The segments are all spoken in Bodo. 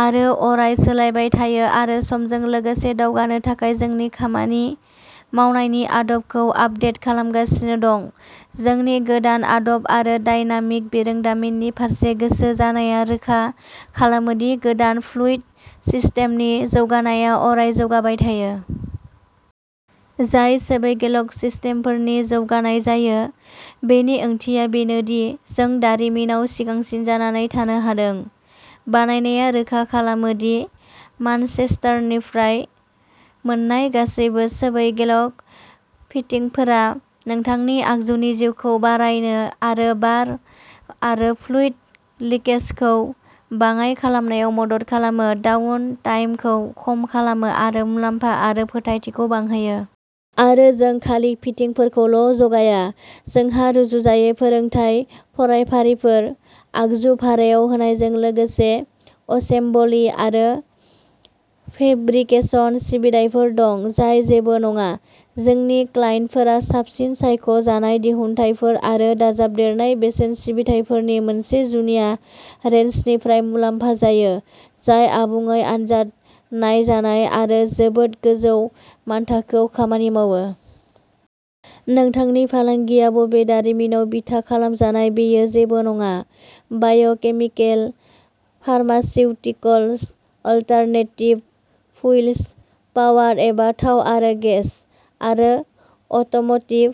आरो अराय सोलायबाय थायो आरो समजों लोगोसे दावगानो थाखाय जोंनि खामानि मावनायनि आदबखौ आपडेट खालामगासिनो दं। जोंनि गोदान आदब आरो डायनामिक बिरोंदामिननि फारसे गोसो जानाया रोखा खालामो दि गोदान फ्लुइड सिस्टेमनि जौगानायआ अराय जौगाबाय थायो। जाय स्वैगेलक सिस्टेमफोरनि जौगानाय जायो, बेनि ओंथिया बेनो दि जों दारिमिनाव सिगांसिन जानानै थानो हादों। बानायनाया रोखा खालामो दि मानचेस्टारनिफ्राय मोन्नाय गासैबो स्वैगेलक फिटिंगफोरा नोंथांनि आगजुनि जिउखौ बारायनो आरो बार आरो फ्लुइड लिकेजखौ बाङाइ खालामनायाव मदद खालामो, डाउन टाइमखौ खम खालामो आरो मुलाम्फा आरो फोथायथिखौ बांहोयो। आरो जों खालि फिटिंगफोरखौल' जगाया। जोंहा रुजुजायै फोरोंथाय फरायफारिफोर, आगजु भारायाव होनायजों लोगोसे असेम्बलि आरो फेब्रिकेशन सिबिथाइफोर दं जाय जेबो नङा। जोंनि क्लाइन्टफोरा साबसिन सायख' जानाय दिहुनथायफोर आरो दाजाबदेरनाय बेसेन सिबिथाइफोरनि मोनसे जुनिया रेन्जनिफ्राय मुलाम्फा जायो जाय आबुङै आनजाद नायजानाय आरो जोबोद गोजौ मानथाखोआव खामानि मावो। नोंथांनि फालांगिया बबे दारिमिनाव बिथा खालामजानाय बेयो जेबो नङा। Biochemical, pharmaceuticals, alternative fuels, power एबा थाव आरो गेस, आरो अट'म'टिभ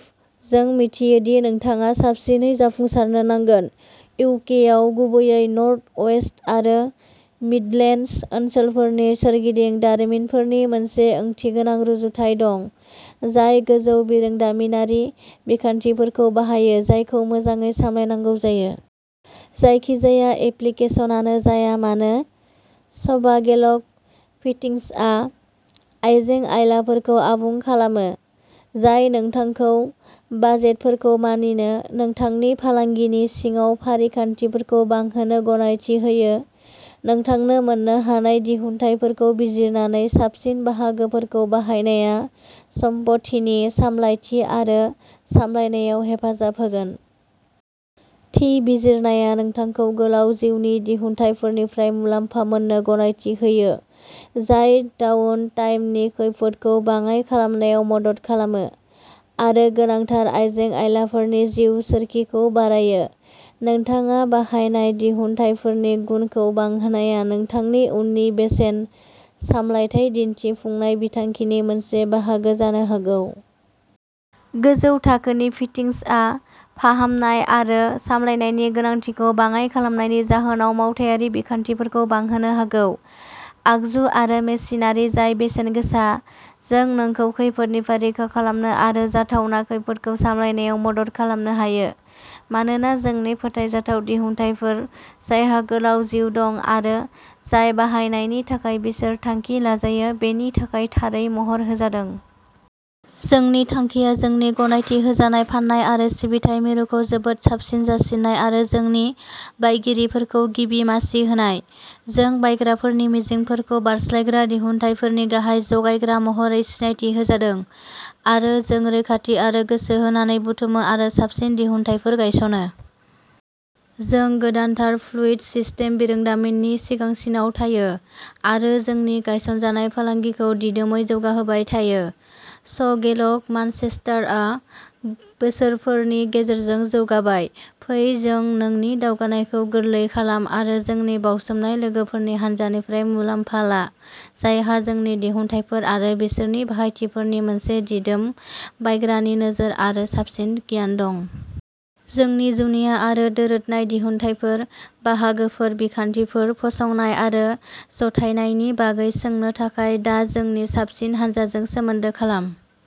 जों मिथियो दि नोंथाङा साबसिनै जाफुंसारनो नांगोन। इउ के आव, गुबैयै नर्थ वेस्ट आरो मिडलेन्डस ओनसोलफोरनि सोरगिदिं, दारिमिनफोरनि मोनसे ओंथिगोनां रुजुथाय दं, जाय गोजौ बिरोंदामिनारि बिखान्थिफोरखौ बाहायो जायखौ मोजाङै सामलायनांगौ जायो। जायखिजाया एप्लिकेसनानो जाया मानो, स्वागेलक फिटिंसआ आइजें-आइलाफोरखौ आबुं खालामो, जाय नोंथांखौ बाजेटफोरखौ मानिनो, नोंथांनि फालांगिनि सिङाव फारिखान्थिफोरखौ बांहोनो गनायथि होयो। नोंथांनो मोन्नो हानाय दिहुनथायफोरखौ बिजिरनानै, साबसिन बाहागोफोरखौ बाहायनाया सम्पथिनि सामलायथि आरो सामलायनायाव हेफाजाब होगोन। थि बिजिरनाया नोंथांखौ गोलाव जिउनि दिहुनथायफोरनिफ्राय मुलाम्फा मोननो गनायथि होयो जाय डाउन टाइमनि खैफोदखौ बाङाय खालामनायाव मदद खालामो, आरो गोनांथार आइजें-आइलाफोरनि जिउ सोरखिखौ बारायो। नोंथाङा बाहायनाय दिहुनथायफोरनि गुनखौ बांहोनायआ नोंथांनि उननि बेसेन सामलायथाय दिन्थिफुंनाय बिथांखिनि मोनसे बाहागो जानो हागौ। गोजौ थाखोनि फिटिंसआ फाहामनाय आरो सामलायनायनि गोनांथिखौ बाङाइ खालामनायनि जाहोनाव मावथायारि बिखान्थिफोरखौ बांहोनो हागौ। आगजु आरो मेसिनारि, जाय बेसेन गोसा। जों नोंखौ खैफोदनिफ्राय रैखा खालामनो आरो जाथावना खैफोदखौ सामलायनायाव मदद खालामनो हायो, मानोना जोंनि फोथायजाथाव दिहुनथायफोर, जायहा गोलाव जिउ दं आरो जाय बाहायनायनि थाखाय बिसोर थांखि लाजायो बेनि थाखाय थारै महर होजादों। जोंनि थांखिया जोंनि गनायथि होजानाय फान्नाय आरो सिबिथाइ मिरुखौ जोबोद साबसिन जासिनाय आरो जोंनि बायगिरिफोरखौ गिबि मासि होनाय। जों बायग्राफोरनि मिजिंफोरखौ बारस्लायग्रा दिहुनथायफोरनि गाहाय जगायग्रा महरै सिनायथि होजादों, आरो जों रैखाथि आरो गोसो होनानै बुथुमो आरो साबसिन दिहुनथायफोर गायसनो। जों गोदानथार फ्लुइड सिस्टेम बिरोंदामिननि सिगांसिनाव थायो, आरो जोंनि गायसनजानाय फालांगिखौ दिदोमै जौगाहोबाय थायो। स्वगेलक मानचेस्टारआ बोसोरफोरनि गेजेरजों जौगाबाय। फै जों नोंनि दावगानायखौ गोरलै खालाम आरो जोंनि बावसोमनाय लोगोफोरनि हानजानिफ्राय मुलाम्फा ला जायहा जोंनि दिहुनथायफोर आरो बिसोरनि बाहायथिफोरनि मोनसे दिदोम बायग्रानि नोजोर आरो साबसिन गियान दं। जोंनि जुनिया आरो दोरोदनाय दिहुनथायफोर, बाहागोफोर, बिखान्थिफोर, फसंनाय आरो जथायनायनि बागै सोंनो थाखाय दा जोंनि साबसिन हानजाजों सोमोन्दो खालाम।